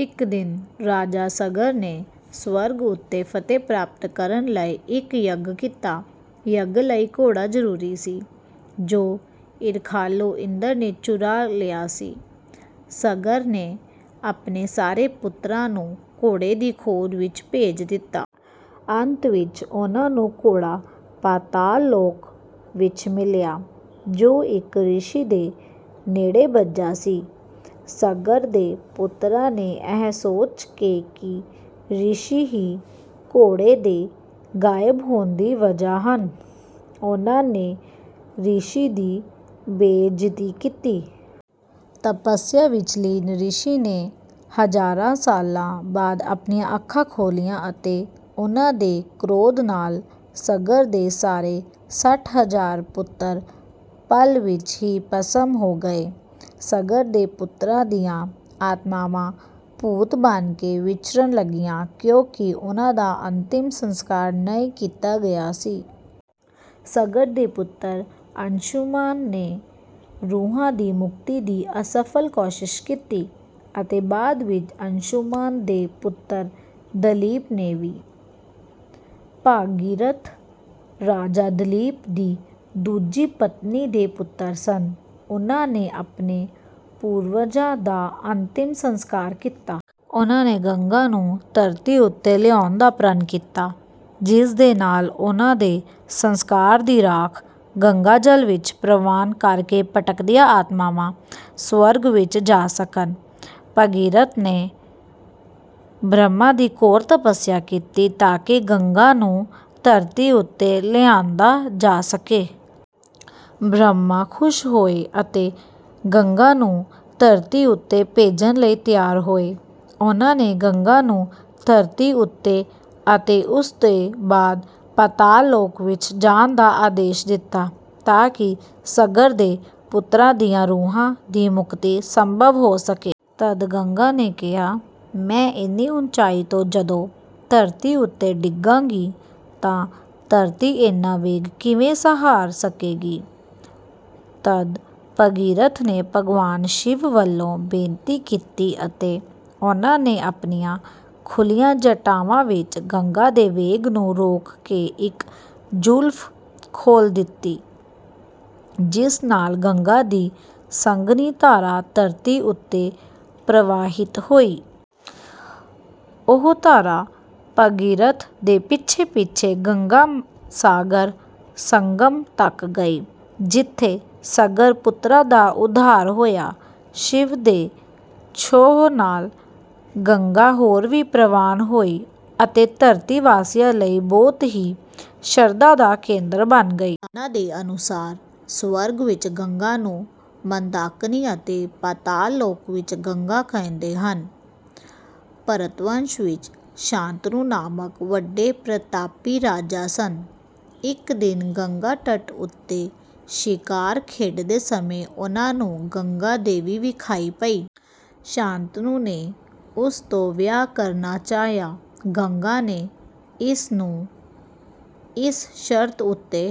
ਇੱਕ ਦਿਨ ਰਾਜਾ ਸਗਰ ਨੇ ਸਵਰਗ ਉੱਤੇ ਫਤਹਿ ਪ੍ਰਾਪਤ ਕਰਨ ਲਈ ਇੱਕ ਯੱਗ ਕੀਤਾ। ਯੱਗ ਲਈ ਘੋੜਾ ਜ਼ਰੂਰੀ ਸੀ, ਜੋ ਈਰਖਾਲੂ ਇੰਦਰ ਨੇ ਚੁਰਾ ਲਿਆ ਸੀ। ਸਗਰ ਨੇ ਆਪਣੇ ਸਾਰੇ ਪੁੱਤਰਾਂ ਨੂੰ ਘੋੜੇ ਦੀ ਖੋਜ ਵਿੱਚ ਭੇਜ ਦਿੱਤਾ। ਅੰਤ ਵਿੱਚ ਉਨ੍ਹਾਂ ਨੂੰ ਘੋੜਾ ਪਾਤਾਲ ਲੋਕ ਵਿੱਚ ਮਿਲਿਆ, ਜੋ ਇੱਕ ਰਿਸ਼ੀ ਦੇ ਨੇੜੇ ਬੱਝਾ ਸੀ। ਸਗਰ ਦੇ ਪੁੱਤਰਾਂ ਨੇ ਇਹ ਸੋਚ ਕੇ ਕਿ ਰਿਸ਼ੀ ਹੀ ਘੋੜੇ ਦੇ ਗਾਇਬ ਹੋਣ ਦੀ ਵਜ੍ਹਾ ਹਨ, ਉਨ੍ਹਾਂ ਨੇ ਰਿਸ਼ੀ ਦੀ ਬੇਇੱਜ਼ਤੀ ਕੀਤੀ। ਤਪੱਸਿਆ ਵਿੱਚ ਲੀਨ ਰਿਸ਼ੀ ਨੇ ਹਜ਼ਾਰਾਂ ਸਾਲ ਬਾਅਦ ਆਪਣੀਆਂ ਅੱਖਾਂ ਖੋਲ੍ਹੀਆਂ ਅਤੇ ਉਨ੍ਹਾਂ ਦੇ ਕ੍ਰੋਧ ਨਾਲ ਸਗਰ ਦੇ ਸਾਰੇ ਸੱਠ ਹਜ਼ਾਰ ਪੁੱਤਰ ਪਲ ਵਿੱਚ ਹੀ ਭਸਮ ਹੋ ਗਏ। ਸਗਰ ਦੇ ਪੁੱਤਰਾਂ ਦੀਆਂ ਆਤਮਾਵਾਂ ਭੂਤ ਬਣ ਕੇ ਵਿਚਰਨ ਲੱਗੀਆਂ, ਕਿਉਂਕਿ ਉਨ੍ਹਾਂ ਦਾ ਅੰਤਿਮ ਸੰਸਕਾਰ ਨਹੀਂ ਕੀਤਾ ਗਿਆ ਸੀ। ਸਗਰ ਦੇ ਪੁੱਤਰ ਅੰਸ਼ੁਮਾਨ ਨੇ ਰੂਹਾਂ ਦੀ ਮੁਕਤੀ ਦੀ ਅਸਫਲ ਕੋਸ਼ਿਸ਼ ਕੀਤੀ ਅਤੇ ਬਾਅਦ ਵਿੱਚ ਅੰਸ਼ੁਮਾਨ ਦੇ ਪੁੱਤਰ ਦਲੀਪ ਨੇ ਵੀ। ਭਗੀਰਥ ਰਾਜਾ ਦਲੀਪ ਦੀ ਦੂਜੀ ਪਤਨੀ ਦੇ ਪੁੱਤਰ ਸਨ। ਉਨ੍ਹਾਂ ਨੇ ਆਪਣੇ ਪੂਰਵਜਾਂ ਦਾ ਅੰਤਿਮ ਸੰਸਕਾਰ ਕੀਤਾ। ਉਨ੍ਹਾਂ ਨੇ ਗੰਗਾ ਨੂੰ ਧਰਤੀ ਉੱਤੇ ਲਿਆਉਣ ਦਾ ਪ੍ਰਣ ਕੀਤਾ, ਜਿਸ ਦੇ ਨਾਲ ਉਨ੍ਹਾਂ ਦੇ ਸੰਸਕਾਰ ਦੀ ਰਾਖ ਗੰਗਾਜਲ ਵਿੱਚ ਪ੍ਰਵਾਹ ਕਰਕੇ ਭਟਕਦੀਆਂ ਆਤਮਾਵਾਂ ਸਵਰਗ ਵਿੱਚ ਜਾ ਸਕਣ। ਭਗੀਰਥ ਨੇ ਬ੍ਰਹਮਾ ਦੀ ਘੋਰ ਤਪੱਸਿਆ ਕੀਤੀ, ਤਾਂਕਿ ਗੰਗਾ ਨੂੰ ਧਰਤੀ ਉੱਤੇ ਲਿਆਂਦਾ ਜਾ ਸਕੇ। ਬ੍ਰਹਮਾ ਖੁਸ਼ ਹੋਏ ਅਤੇ ਗੰਗਾ ਨੂੰ ਧਰਤੀ ਉੱਤੇ ਭੇਜਣ ਲਈ ਤਿਆਰ ਹੋਏ। ਉਨ੍ਹਾਂ ਨੇ ਗੰਗਾ ਨੂੰ ਧਰਤੀ ਉੱਤੇ ਅਤੇ ਉਸ ਦੇ ਬਾਅਦ ਪਾਤਾਲ ਲੋਕ ਵਿੱਚ ਜਾਣ ਦਾ ਆਦੇਸ਼ ਦਿੱਤਾ, ਤਾਂਕਿ ਸਗਰ ਦੇ ਪੁੱਤਰਾਂ ਦੀਆਂ ਰੂਹਾਂ ਦੀ ਮੁਕਤੀ ਸੰਭਵ ਹੋ ਸਕੇ। ਤਦ ਗੰਗਾ ਨੇ ਕਿਹਾ, “ਮੈਂ ਇੰਨੀ ਉੱਚਾਈ ਤੋਂ ਜਦੋਂ ਧਰਤੀ ਉੱਤੇ ਡਿੱਗਾਂਗੀ, ਤਾਂ ਧਰਤੀ ਇੰਨਾ ਵੇਗ ਕਿਵੇਂ ਸਹਾਰ ਸਕੇਗੀ?” ਤਦ ਭਗੀਰਥ ਨੇ ਭਗਵਾਨ ਸ਼ਿਵ ਵੱਲੋਂ ਬੇਨਤੀ ਕੀਤੀ ਅਤੇ ਉਨ੍ਹਾਂ ਨੇ ਆਪਣੀਆਂ ਖੁੱਲ੍ਹੀਆਂ ਜਟਾਵਾਂ ਵਿੱਚ ਗੰਗਾ ਦੇ ਵੇਗ ਨੂੰ ਰੋਕ ਕੇ ਇੱਕ ਜੁਲਫ਼ ਖੋਲ੍ਹ ਦਿੱਤੀ, ਜਿਸ ਨਾਲ ਗੰਗਾ ਦੀ ਸੰਘਣੀ ਧਾਰਾ ਧਰਤੀ ਉੱਤੇ ਪ੍ਰਵਾਹਿਤ ਹੋਈ। ਉਹ ਧਾਰਾ ਭਗੀਰਥ ਦੇ ਪਿੱਛੇ-ਪਿੱਛੇ ਗੰਗਾ ਸਾਗਰ ਸੰਗਮ ਤੱਕ ਗਈ, ਜਿੱਥੇ ਸਗਰ-ਪੁੱਤਰਾਂ ਦਾ ਉੱਧਾਰ ਹੋਇਆ। ਸ਼ਿਵ ਦੇ ਛੋਹ ਨਾਲ ਗੰਗਾ ਹੋਰ ਵੀ ਪਾਵਨ ਹੋ ਗਈ ਅਤੇ ਧਰਤੀ ਵਾਸੀਆਂ ਲਈ ਬਹੁਤ ਹੀ ਸ਼ਰਧਾ ਦਾ ਕੇਂਦਰ ਬਣ ਗਈ। ਪੁਰਾਣਾਂ ਦੇ ਅਨੁਸਾਰ, ਸਵਰਗ ਵਿੱਚ ਗੰਗਾ ਨੂੰ ਮੰਦਾਕਿਨੀ ਅਤੇ ਪਾਤਾਲ ਲੋਕ ਵਿੱਚ ਗੰਗਾ ਕਹਿੰਦੇ ਹਨ। ਭਰਤਵੰਸ਼ ਵਿੱਚ ਸ਼ਾਂਤਨੁ ਨਾਮਕ ਵੱਡੇ ਪ੍ਰਤਾਪੀ ਰਾਜਾ ਸਨ। ਇੱਕ ਦਿਨ ਗੰਗਾ ਤਟ ਉੱਤੇ ਸ਼ਿਕਾਰ ਖੇਡਦੇ ਸਮੇਂ ਉਨ੍ਹਾਂ ਨੂੰ ਗੰਗਾ ਦੇਵੀ ਵਿਖਾਈ ਪਈ। ਸ਼ਾਂਤਨੁ ਨੇ ਉਸ ਤੋਂ ਵਿਆਹ ਕਰਨਾ ਚਾਹਿਆ। ਗੰਗਾ ਨੇ ਇਸ ਨੂੰ ਇਸ ਸ਼ਰਤ ਉੱਤੇ...